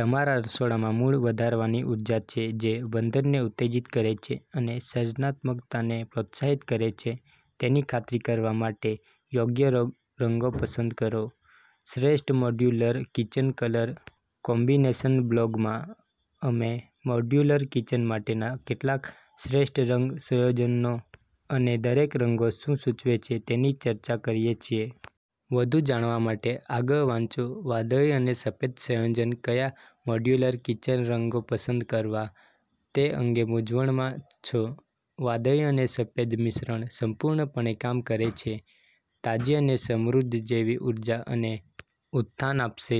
તમારા રસોડામાં મૂડ વધારનારી ઉર્જા છે જે બંધનને ઉત્તેજીત કરે છે અને સર્જનાત્મકતાને પ્રોત્સાહિત કરે છે તેની ખાતરી કરવા માટે, યોગ્ય રંગો પસંદ કરો. શ્રેષ્ઠ મોડ્યુલર કિચન કલર કોમ્બિનેશનબ્લોગમાં, અમે મોડ્યુલર કિચન માટેના કેટલાક શ્રેષ્ઠ રંગ સંયોજનો અનેદરેક રંગો શું સૂચવે છે તેની ચર્ચા કરીએ છીએ. વધુ જાણવા માટે આગળ વાંચોવાદળી અને સફેદ સંયોજન કયા મોડ્યુલર કિચન રંગો પસંદ કરવા તે અંગે મૂંઝવણમાં છો? વાદળી અને સફેદ મિશ્રણ સંપૂર્ણપણે કામ કરે છે. તાજી અને સમુદ્ર જેવી ઊર્જા અને ઉત્થાન આપશે.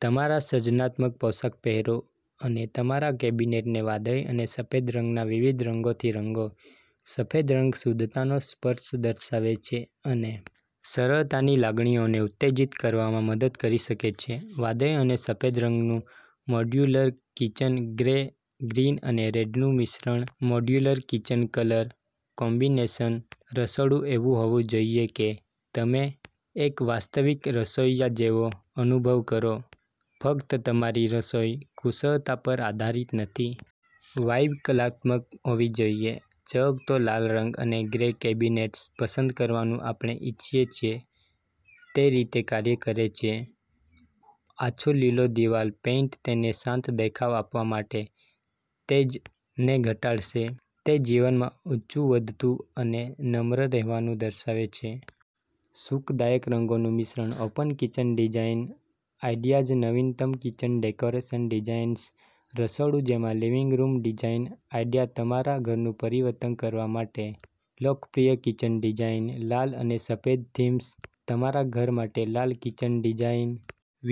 તમારા સર્જનાત્મક પોશાક પહેરો અને તમારા કેબિનેટને વાદળી અને સફેદ રંગના વિવિધ રંગોથી રંગો. સફેદ રંગ શુદ્ધતાનો સ્પર્શ દર્શાવે છે અને સરળતાની લાગણીઓને ઉત્તેજીત કરવામાં મદદ કરી શકે છે. વાદળી અને સફેદ રંગનું મોડ્યુલર કિચન ગ્રે, ગ્રીન અને રેડનું મિશ્રણમોડ્યુલર કિચન કલર કોમ્બિનેશન રસોડું એવું હોવું જોઈએ કે તમે એક વાસ્તવિક રસોઇયા જેવો અનુભવ કરો, ફક્ત તમારી રસોઈ કુશળતા પર આધારિત નથી. વાઇબ કલાત્મક હોવી જોઈએ. ચળકતો લાલ રંગ અને ગ્રે કેબિનેટ્સ પસંદ કરવાનું આપણે ઇચ્છીએ છીએ તેરીતે કાર્ય કરે છે. આછો લીલો દિવાલ પેઇન્ટ તેને શાંત દેખાવ આપવા માટે તેજને ઘટાડશે. તે જીવનમાં ઊંચું વધતું અને નમ્ર રહેવાનું દર્શાવે છે. સુખદાયક રંગોનું મિશ્રણ ઓપન કિચન ડિઝાઇન આઇડિયાઝનવીનતમ કિચન ડેકોરેશન ડિઝાઇન્સ, રસોડું જેમાં લિવિંગ રૂમ ડિઝાઇન આઇડિયાતમારા ઘરનું પરિવર્તન કરવા માટે, લોકપ્રિય કિચન ડિઝાઇન લાલ અને સફેદ થીમ્સ, તમારા ઘર માટે લાલ કિચન ડિઝાઇન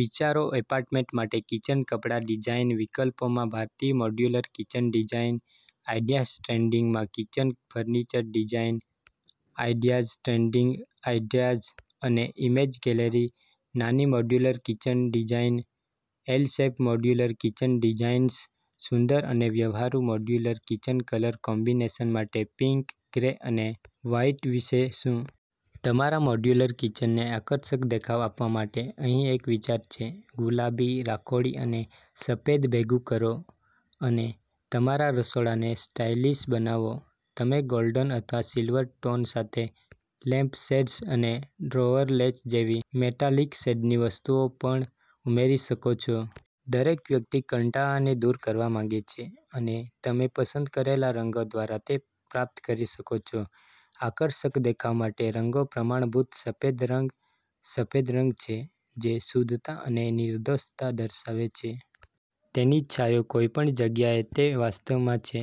વિચારો, એપાર્ટમેન્ટ માટે કિચન કપડા ડિઝાઇન વિકલ્પો, માં ભારતીય modular kitchen design ideas trending, માં kitchen furniture design ideas trending ideas અને ઇમેજ ગેલેરી, નાની modular kitchen design L shape modular kitchen ડિઝાઇન્સસુંદર અને વ્યવહારુ, મોડ્યુલર કિચન કલર કોમ્બિનેશન માટે પિંક, ગ્રે અને વ્હાઇટ વિશે શું? તમારા મોડ્યુલર કિચનને આકર્ષક દેખાવ આપવા માટે અહીં એક વિચાર છે. ગુલાબી, રાખોડી અને સફેદ ભેગું કરો અને તમારા રસોડાને સ્ટાઇલિશ બનાવો. તમે ગોલ્ડન અથવા સિલ્વર ટોન સાથે લેમ્પશેડ્સ અને ડ્રોઅર લેચ જેવી મેટાલિક શેડની વસ્તુઓ પણ ઉમેરી શકો છો. દરેક વ્યક્તિ કંટાળાને દૂર કરવા માંગે છે, અને તમે પસંદ કરેલા રંગો દ્વારા તે પ્રાપ્ત કરી શકો છો. આકર્ષક દેખાવ માટે રંગો પ્રમાણભૂત સફેદ રંગ સફેદરંગ છે જે શુદ્ધતા અને નિર્દોષતા દર્શાવે છે. તેની છાંયો કોઈપણ જગ્યાને તે વાસ્તવમાં છે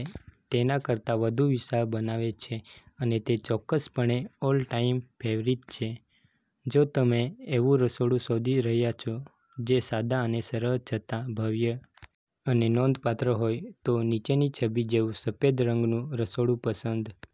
તેના કરતા વધુ વિશાળ બનાવે છે અને તે ચોક્કસપણે ઓલ ટાઈમ ફેવરિટ છે. જો તમે એવું રસોડું શોધી રહ્યા છો જે સાદા અને સરળ છતાં ભવ્ય અને નોંધપાત્ર હોય, તો નીચેની છબી જેવું સફેદ રંગનું રસોડું પસંદ